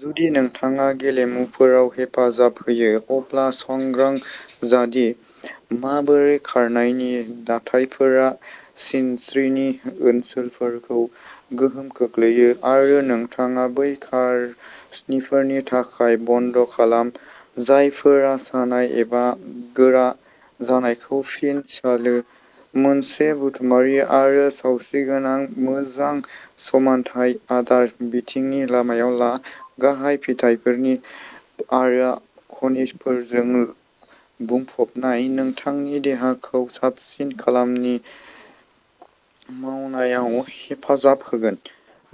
जुदि नोंथाङा गेलेमुफोराव हेफाजाब होयो, अब्ला सांग्रां जा दि माबोरै खारनायनि दाथायफोरा सिनस्रिनि ओनसोलफोरखौ गोहोम खोख्लैयो, आरो नोंथाङा बैसोरफोरनि थाखाय बन्द'खालाम जायफोरा सानाय एबा गोरा जानायखौ फिन सानो। मोनसे पुष्टियारि आरो सावस्रिगोनां मोजां-समानथाय आदार बिथांखि जाय गाहाय भिटामिनफोर आरो खनिजफोरजों बुंफबनाय, नोंथांनि देहाखौ साबसिन खामानि मावनायाव हेफाजाब होगोन।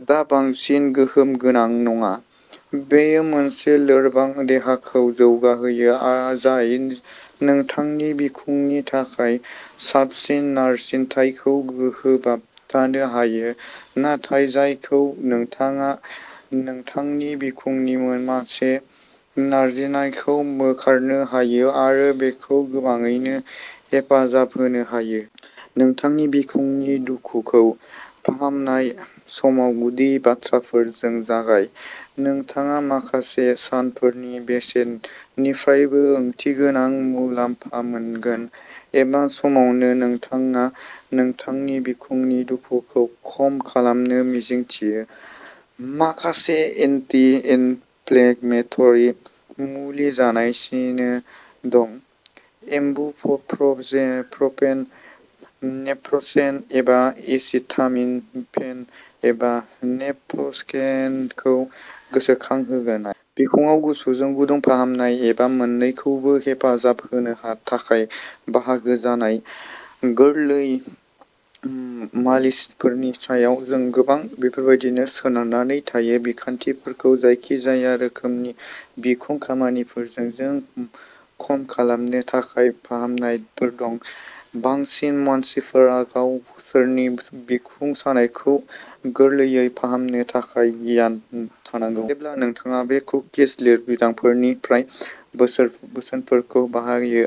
दा बांसिन गोहोम गोनां नङा, बेयो मोनसे लोरबां देहाखौ जौगाहोयो जाय नोंथांनि बिखुंनि थाखाय साबसिन नारसिनथायखौ होबथानो हागौ, नाथाय जायखौ नोंथाङा नोंथांनि बिखुंनि माखासे नारसिननायखौ बोखारनो हायो आरो बेखौ गोबाङैनो हेफाजाब होनो हायो। नोंथांनि बिखुंनि दुखुखौ फाहामनाय समाव गुदि बाथ्राफोरजों जागाय। नोंथाङा माखासे सानफोरनि बेसेननिफ्रायबो ओंथिगोनां मुलाम्फा मोनगोन। एखे समावनो नोंथाङा नोंथांनि बिखुंनि दुखुखौ खम खालामनो मिजिंथियो, माखासे एन्टि-इनफ्लेमेटरि मुलि नाजागासिनो दं, इबुप्रफेन, नेप्र'क्सेन एबा एसिटामिन'फेन, एबा नेप्र'क्सेनखौ गोसोखांहोनाय। बिखुङाव गुसुजों गुदुं फाहामनाय एबा मोन्नैखौबो हेफाजाब होनो थाखाय बाहायनो नाजा। गोरलै मालिसनिफ्राय लानानै गोब्राब बिखुं सार्जारि बिखान्थिसिम, जायखिजाया रोखोमनि बिखुं सानायखौ खम खालामनो थाखाय फाहामनायफोर दं। बांसिन मानसिफोरनाव गावसोरनि बिखुं सानायखौ गोरलैयै फाहामनो थाखाय गियान थानांगौ। जेब्ला नोंथाङा बे कुकिज लिरबिदांनिफ्राय बोसोनफोरखौ बाहायो,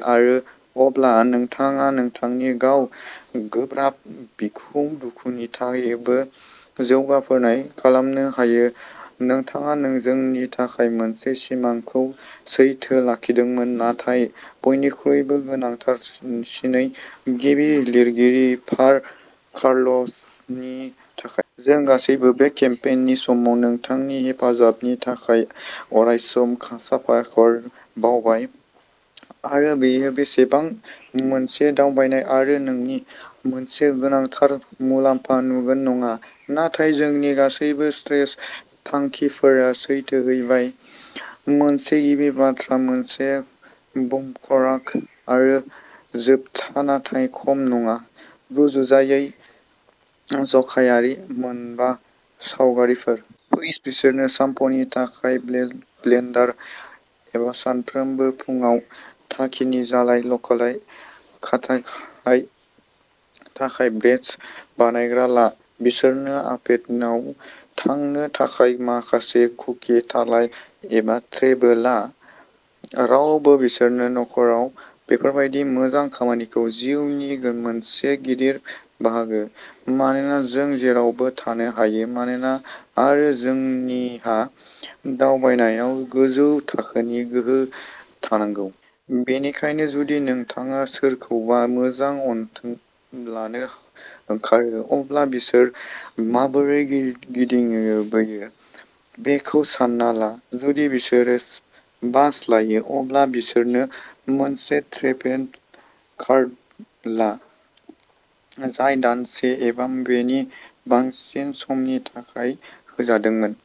अब्ला नोंथाङा नोंथांनि गावनि गोब्राब बिखुं दुखुनि थाखायबो जौगानायफोर खालामनो हागौ। नोंथाङा जोंनि थाखाय मोनसे सिमांखौ सैथो खालामदोंमोन, नाथाय बयनिख्रुइबो गोनांथारसिनै गिबि लिरगिरि पार कार्लसननि थाखाय। जों गासैबो बे केम्पेइननि समाव नोंथांनि हेफाजाबनि थाखाय अरायसम साबायखर बावबाय। आरो बेयो बेसेबां मोनसे दावबायथाय! सल'मा खालि साननि सोरांखौ नुगोन नङा, नाथाय जोंनि गासैबो स्ट्रेच थांखिफोरा सौहैबायः मोनसे गिबि बाथ्रा, मोनसे बुकमार्क आरो जोबथा नाथाय खम नङा, रुजुजायै ज'आकिमनि मोनबा सावगारिफोर। पैच, बिसोरनो सामपनि थाखाय ब्लेन्डार एबा सानफ्रोमबो फुंआव थाजिम ल'फनि थाखाय ब्रेड बानायग्रा ला। बिसोरनो अभेनआव थांनो थाखाय माखासे कुकि काटार एबा ट्रेबो ला; रावबो बिसोरनि न'आव थोजासे लाया! रोगाथाइआ जोंनि जिउनि मोनसे गिदिर बाहागो, मानोना जों जेरावबो थाबायनो हाया आरो जोंनिहा दावबायनायाव गोजौ थाखोनि गोहो थानांगौ। बेनिखायनो जुदि नोंथाङा सोरखौबा मोजां अनथोब लानो ओंखारो, अब्ला बिसोर माबोरै गिदिंबोयो बेखौ सानना ला। जुदि बिसोरो बास लायो, अब्ला बिसोरनो मोनसे ट्रेभेल कार्ड ला जाय दानसे एबा बेनि बांसिन समनि थाखाय होजादोंमोन।